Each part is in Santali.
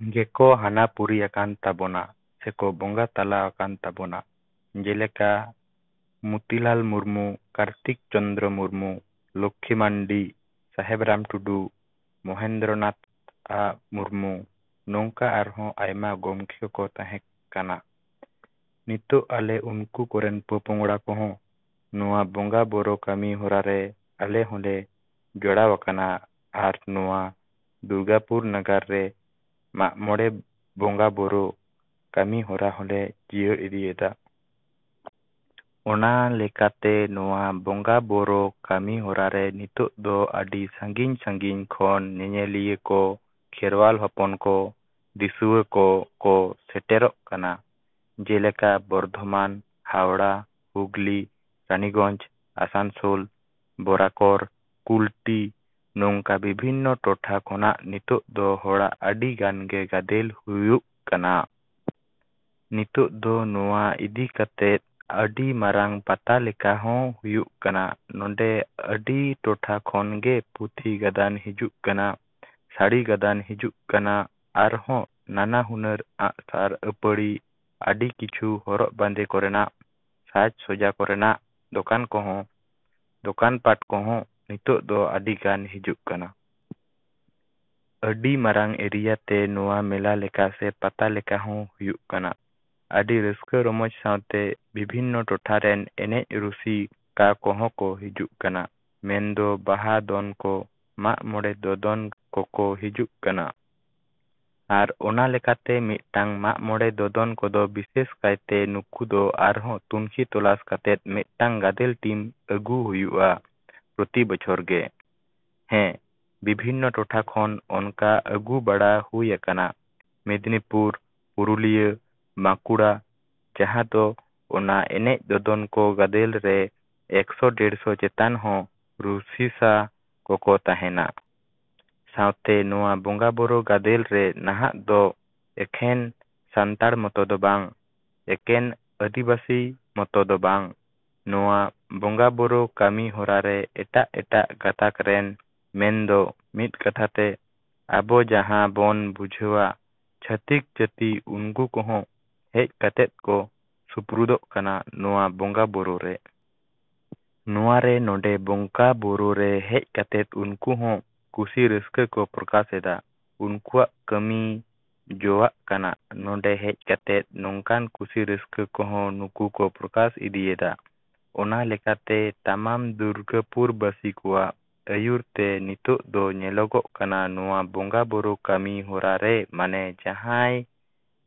ᱜᱮᱠᱚ ᱦᱟᱱᱟ ᱯᱩᱨᱤ ᱟᱠᱟᱱ ᱛᱟᱵᱚᱱᱟ ᱥᱮᱠᱚ ᱵᱚᱸᱜᱟ ᱛᱟᱞᱟ ᱟᱠᱟᱱ ᱛᱟᱵᱚᱱᱟ, ᱡᱮᱞᱮᱠᱟ ᱢᱩᱛᱤᱞᱟᱞ ᱢᱩᱨᱢᱩ, ᱠᱟᱨᱛᱤᱠ ᱪᱚᱱᱫᱨᱚ ᱢᱩᱨᱢᱩ, ᱞᱚᱠᱷᱤ ᱢᱟᱱᱰᱤ, ᱥᱟᱦᱮᱵᱽ ᱨᱟᱢ ᱴᱩᱰᱩ, ᱢᱚᱦᱮᱱᱫᱨᱚ ᱱᱟᱛᱷᱟ ᱢᱩᱨᱢᱩ, ᱱᱚᱝᱠᱟ ᱟᱨᱦᱚᱸ ᱟᱭᱢᱟ ᱜᱚᱢᱠᱮ ᱠᱚᱠᱚ ᱛᱟᱦᱮᱸ ᱠᱟᱱᱟ᱾ ᱱᱤᱛᱳᱜ ᱟᱞᱮ ᱩᱱᱠᱩ ᱠᱚᱨᱮᱱ ᱯᱚᱯᱚᱝᱲᱟ ᱠᱚᱦᱚᱸ ᱱᱚᱣᱟ ᱵᱚᱸᱜᱟ ᱵᱳᱨᱳ ᱠᱟᱹᱢᱤ ᱦᱚᱨᱟ ᱨᱮ ᱟᱞᱮ ᱦᱚᱸᱞᱮ ᱡᱚᱣᱟᱣ ᱟᱠᱟᱱᱟ ᱟᱨ ᱱᱚᱣᱟ ᱫᱩᱨᱜᱟᱹᱯᱩᱨ ᱱᱟᱜᱟᱨ ᱨᱮ ᱢᱟᱜ ᱢᱚᱬᱮ ᱵᱚᱸᱜᱟ ᱵᱳᱨᱳ ᱠᱟᱹᱢᱤ ᱦᱚᱨᱟ ᱦᱚᱞᱮ ᱡᱤᱭᱟᱹᱣ ᱤᱫᱤᱭᱮᱫᱟ᱾ ᱚᱱᱟᱞᱮᱠᱟᱛᱮ ᱱᱚᱣᱟ ᱵᱚᱸᱜᱟ ᱵᱳᱨᱳ ᱠᱟᱹᱢᱤ ᱦᱚᱨᱟ ᱨᱮ ᱱᱤᱛᱳᱜ ᱫᱚ ᱟᱹᱰᱤ ᱥᱟᱺᱜᱤᱧᱼᱥᱟᱺᱜᱤᱧ ᱠᱷᱚᱱ ᱧᱮᱧᱮᱞᱤᱭᱟᱹ ᱠᱚ, ᱠᱷᱮᱨᱣᱟᱞ ᱦᱚᱯᱚᱱ ᱠᱚ, ᱫᱤᱥᱣᱟ ᱠᱚ ᱠᱚ ᱥᱮᱴᱮᱨᱚᱜ ᱠᱟᱱᱟ, ᱡᱮᱞᱮᱠᱟ ᱵᱚᱨᱫᱷᱚᱢᱟᱱ, ᱦᱟᱣᱲᱟ, ᱦᱩᱜᱽᱞᱤ, ᱨᱟᱱᱤᱜᱚᱧ, ᱟᱥᱟᱱᱥᱳᱞ, ᱵᱚᱨᱟᱠᱚᱨ, ᱠᱩᱞᱴᱤ, ᱱᱚᱝᱠᱟ ᱵᱤᱵᱷᱤᱱᱱᱚ ᱴᱚᱴᱷᱟ ᱠᱷᱚᱱᱟᱜ ᱱᱤᱛᱳᱜ ᱫᱚ ᱦᱚᱲᱟᱜ ᱟᱹᱰᱤ ᱜᱟᱱ ᱜᱮ ᱜᱟᱫᱮᱞ ᱦᱩᱭᱩᱜ ᱠᱟᱱᱟ᱾ ᱱᱤᱛᱳᱜ ᱫᱚ ᱱᱚᱣᱟ ᱤᱫᱤ ᱠᱟᱛᱮᱫ ᱟᱹᱰᱤ ᱢᱟᱨᱟᱝ ᱯᱟᱛᱟ ᱞᱮᱠᱟ ᱦᱚᱸ ᱦᱩᱭᱩᱜ ᱠᱟᱱᱟ᱾ ᱱᱚᱰᱮ ᱟᱹᱰᱤ ᱴᱚᱴᱷᱟ ᱠᱷᱚᱱ ᱜᱮ ᱯᱩᱛᱷᱤ ᱜᱟᱫᱟᱱ ᱦᱤᱡᱩᱜᱼᱟ, ᱥᱟᱹᱲᱤ ᱜᱟᱫᱟᱱ ᱦᱤᱡᱩᱜᱼᱟ ᱟᱨᱦᱚᱸ ᱱᱟᱱᱟ ᱦᱩᱱᱟᱹᱨ ᱟᱜᱼᱥᱟᱨ ᱟᱹᱯᱟᱹᱲᱤ, ᱟᱹᱰᱤ ᱠᱤᱪᱷᱩ ᱦᱚᱨᱚᱜ ᱵᱟᱸᱫᱮ ᱠᱚᱨᱮᱱᱟᱜ, ᱥᱟᱡᱽ ᱥᱚᱡᱟ ᱠᱚᱨᱮᱱᱟᱜ ᱫᱚᱠᱟᱱ ᱠᱚᱦᱚᱸ, ᱫᱚᱠᱟᱱ ᱯᱟᱴ ᱠᱚᱦᱚᱸ ᱱᱤᱛᱳᱜ ᱫᱚ ᱟᱹᱰᱤ ᱜᱟᱱ ᱦᱤᱡᱩᱜ ᱠᱟᱱᱟ᱾ ᱟᱹᱰᱤ ᱢᱟᱨᱟᱝ ᱮᱨᱤᱭᱟ ᱛᱮ ᱱᱚᱣᱟ ᱢᱮᱞᱟ ᱞᱮᱠᱟ ᱥᱮ ᱯᱟᱛᱟ ᱞᱮᱠᱟ ᱦᱚᱸ ᱦᱩᱭᱩᱜ ᱠᱟᱱᱟ᱾ ᱟᱹᱰᱤ ᱨᱟᱹᱥᱠᱟᱹ ᱨᱚᱢᱚᱡᱽ ᱥᱟᱶᱛᱮ ᱵᱚᱵᱷᱤᱱᱱᱚ ᱴᱚᱴᱷᱟ ᱨᱮᱱ ᱮᱱᱮᱡ ᱨᱩᱥᱤ ᱠᱟ ᱠᱚᱦᱚᱸ ᱠᱚ ᱦᱤᱡᱩᱜ ᱠᱟᱱᱟ, ᱢᱮᱱ ᱫᱚ ᱵᱟᱦᱟ ᱫᱚᱱ ᱠᱚ, ᱢᱟᱜ ᱢᱚᱬᱮ ᱫᱚᱫᱚᱱ ᱠᱚᱠᱚ ᱦᱤᱡᱩᱜ ᱠᱟᱱᱟ᱾ ᱟᱨ ᱚᱱᱟ ᱞᱮᱠᱟᱛᱮ ᱢᱤᱫᱴᱟᱝ ᱢᱟᱜ ᱢᱚᱬᱮ ᱫᱚᱫᱚᱱ ᱠᱚᱫᱚ ᱵᱤᱥᱮᱥ ᱠᱟᱭᱛᱮ ᱱᱩᱠᱩ ᱫᱚ ᱟᱨᱦᱚᱸ ᱛᱩᱱᱠᱷᱤ ᱛᱚᱞᱟᱥ ᱠᱟᱛᱮᱫ ᱢᱤᱫᱴᱟᱝ ᱜᱟᱫᱮᱞ ᱴᱤᱢ ᱟᱹᱜᱩ ᱦᱩᱭᱩᱜᱼᱟ ᱯᱨᱚᱛᱤ ᱵᱚᱪᱷᱚᱨ ᱜᱮ᱾ ᱦᱮᱸ, ᱵᱤᱵᱷᱤᱱᱱᱚ ᱴᱚᱴᱷᱟ ᱠᱷᱚᱱ ᱚᱱᱠᱟ ᱟᱹᱜᱩ ᱵᱟᱲᱟ ᱦᱩᱭ ᱟᱠᱟᱱᱟ, ᱢᱮᱫᱽᱱᱤᱯᱩᱨ, ᱯᱩᱨᱩᱞᱤᱭᱟᱹ, ᱵᱟᱸᱠᱩᱲᱟ ᱡᱟᱦᱟᱸ ᱫᱚ ᱚᱱᱟ ᱮᱱᱮᱡ ᱫᱚᱫᱚᱱ ᱠᱚ ᱜᱟᱫᱮᱞ ᱨᱮ ᱮᱠᱥᱚ ᱰᱮᱲᱥᱚ ᱪᱮᱛᱟᱱ ᱦᱚᱸ ᱨᱩᱥᱤᱥᱟ ᱠᱚᱠᱚ ᱛᱟᱦᱮᱱᱟ᱾ ᱥᱟᱶᱛᱮ ᱱᱚᱣᱟ ᱵᱚᱸᱜᱟ ᱵᱳᱨᱳ ᱜᱟᱫᱮᱞ ᱨᱮ ᱱᱟᱦᱟᱜ ᱫᱚ ᱮᱠᱷᱮᱱ ᱥᱟᱱᱛᱟᱲ ᱢᱚᱛᱚ ᱫᱚ ᱵᱟᱝ, ᱮᱠᱮᱱ ᱟᱹᱫᱤᱵᱟᱹᱥᱤ ᱢᱚᱛᱚ ᱫᱚ ᱵᱟᱝ, ᱱᱚᱣᱟ ᱵᱚᱸᱜᱟ ᱵᱳᱨᱳ ᱠᱟᱹᱢᱤ ᱦᱚᱨᱟ ᱨᱮ ᱮᱴᱟᱜᱼᱮᱴᱟᱜ ᱜᱟᱛᱟᱠ ᱨᱮᱱ ᱢᱮᱱ ᱫᱚ ᱢᱤᱫ ᱠᱟᱛᱷᱟ ᱛᱮ ᱟᱵᱚ ᱡᱟᱦᱟᱸ ᱵᱚᱱ ᱵᱩᱡᱷᱟᱹᱣᱟ ᱪᱷᱟᱹᱛᱤᱠ ᱡᱟᱹᱛᱤ ᱩᱱᱠᱩ ᱠᱚᱦᱚᱸ ᱦᱮᱡ ᱠᱟᱛᱮᱫ ᱠᱚ ᱥᱩᱯᱨᱩᱫᱚᱜ ᱠᱟᱱᱟ ᱱᱚᱣᱟ ᱵᱚᱸᱜᱟ ᱵᱳᱨᱳ ᱨᱮ᱾ ᱱᱚᱣᱟ ᱨᱮ ᱱᱚᱰᱮ ᱵᱚᱸᱜᱟ ᱵᱳᱨᱳ ᱨᱮ ᱦᱮᱡ ᱠᱟᱛᱮᱫ ᱩᱱᱠᱩ ᱦᱚᱸ ᱠᱩᱥᱤ ᱨᱟᱹᱥᱠᱟᱹ ᱠᱚ ᱯᱚᱨᱠᱟᱥ ᱮᱫᱟ, ᱩᱱᱠᱣᱟᱜ ᱠᱟᱹᱢᱤ ᱡᱚᱣᱟᱜ ᱠᱟᱱᱟ ᱱᱚᱰᱮ ᱦᱮᱡ ᱠᱟᱛᱮᱫ ᱱᱚᱝᱠᱟᱱ ᱠᱩᱥᱤ ᱨᱟᱹᱥᱠᱟᱹ ᱠᱚᱦᱚᱸ ᱱᱩᱠᱩ ᱠᱚ ᱯᱨᱚᱠᱟᱥ ᱤᱫᱤᱭᱮᱫᱟ᱾ ᱚᱱᱟ ᱞᱮᱠᱟ ᱛᱮ ᱛᱟᱢᱟᱢ ᱫᱩᱨᱜᱟᱹᱯᱩᱨ ᱵᱟᱹᱥᱤ ᱠᱚᱣᱟᱜ ᱟᱹᱭᱩᱨ ᱛᱮ ᱱᱤᱛᱳᱜ ᱫᱚ ᱧᱮᱞᱚᱜᱚᱜ ᱠᱟᱱᱟ ᱱᱚᱣᱟ ᱵᱚᱸᱜᱟ ᱵᱳᱨᱳ ᱠᱟᱹᱢᱤ ᱦᱚᱨᱟ ᱨᱮ ᱢᱟᱱᱮ ᱡᱟᱦᱟᱸᱭ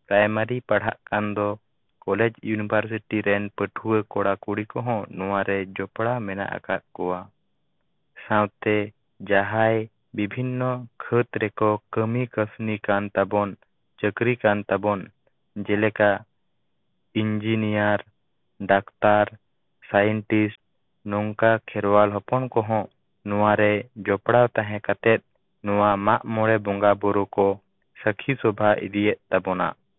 ᱯᱨᱟᱭᱢᱟᱨᱤ ᱯᱟᱲᱦᱟᱜ ᱠᱟᱱ ᱫᱚ ᱠᱚᱞᱮᱡᱽ ᱭᱩᱱᱤᱵᱷᱟᱨᱥᱤᱴᱤ ᱨᱮᱱ ᱯᱟᱹᱴᱷᱩᱣᱟᱹ ᱠᱚᱲᱟ ᱠᱩᱲᱤ ᱠᱚᱦᱚᱸ ᱱᱚᱣᱟ ᱨᱮ ᱡᱚᱯᱲᱟᱣ ᱢᱮᱱᱟᱜ ᱟᱠᱟᱫ ᱠᱚᱣᱟ᱾ ᱥᱟᱶᱛᱮ ᱡᱟᱦᱟᱭ ᱵᱤᱵᱷᱤᱱᱱᱚ ᱠᱷᱟᱹᱛ ᱨᱮᱠᱚ ᱠᱟᱹᱢᱤ ᱠᱟᱹᱥᱱᱤ ᱠᱟᱱ ᱛᱟᱵᱚᱱ, ᱪᱟᱹᱠᱨᱤ ᱠᱟᱱ ᱛᱟᱵᱚᱱ, ᱡᱮᱞᱮᱠᱟ ᱤᱱᱡᱤᱱᱤᱭᱟᱨ, ᱰᱟᱠᱛᱟᱨ, ᱥᱟᱭᱮᱱᱴᱤᱥ ᱱᱚᱝᱠᱟᱱ ᱠᱷᱮᱨᱣᱟᱞ ᱦᱚᱯᱚᱱ ᱠᱚᱦᱚᱸ ᱱᱚᱣᱟ ᱨᱮ ᱡᱚᱯᱲᱟᱣ ᱛᱟᱦᱮᱸ ᱠᱟᱛᱮᱫ ᱱᱚᱣᱟ ᱢᱟᱜ ᱢᱚᱬᱮ ᱵᱚᱸᱜᱟ ᱵᱳᱨᱳ ᱠᱚ ᱥᱟᱹᱠᱷᱤ ᱥᱚᱵᱷᱟ ᱤᱫᱤᱭᱮᱫ ᱛᱟᱵᱚᱱᱟ᱾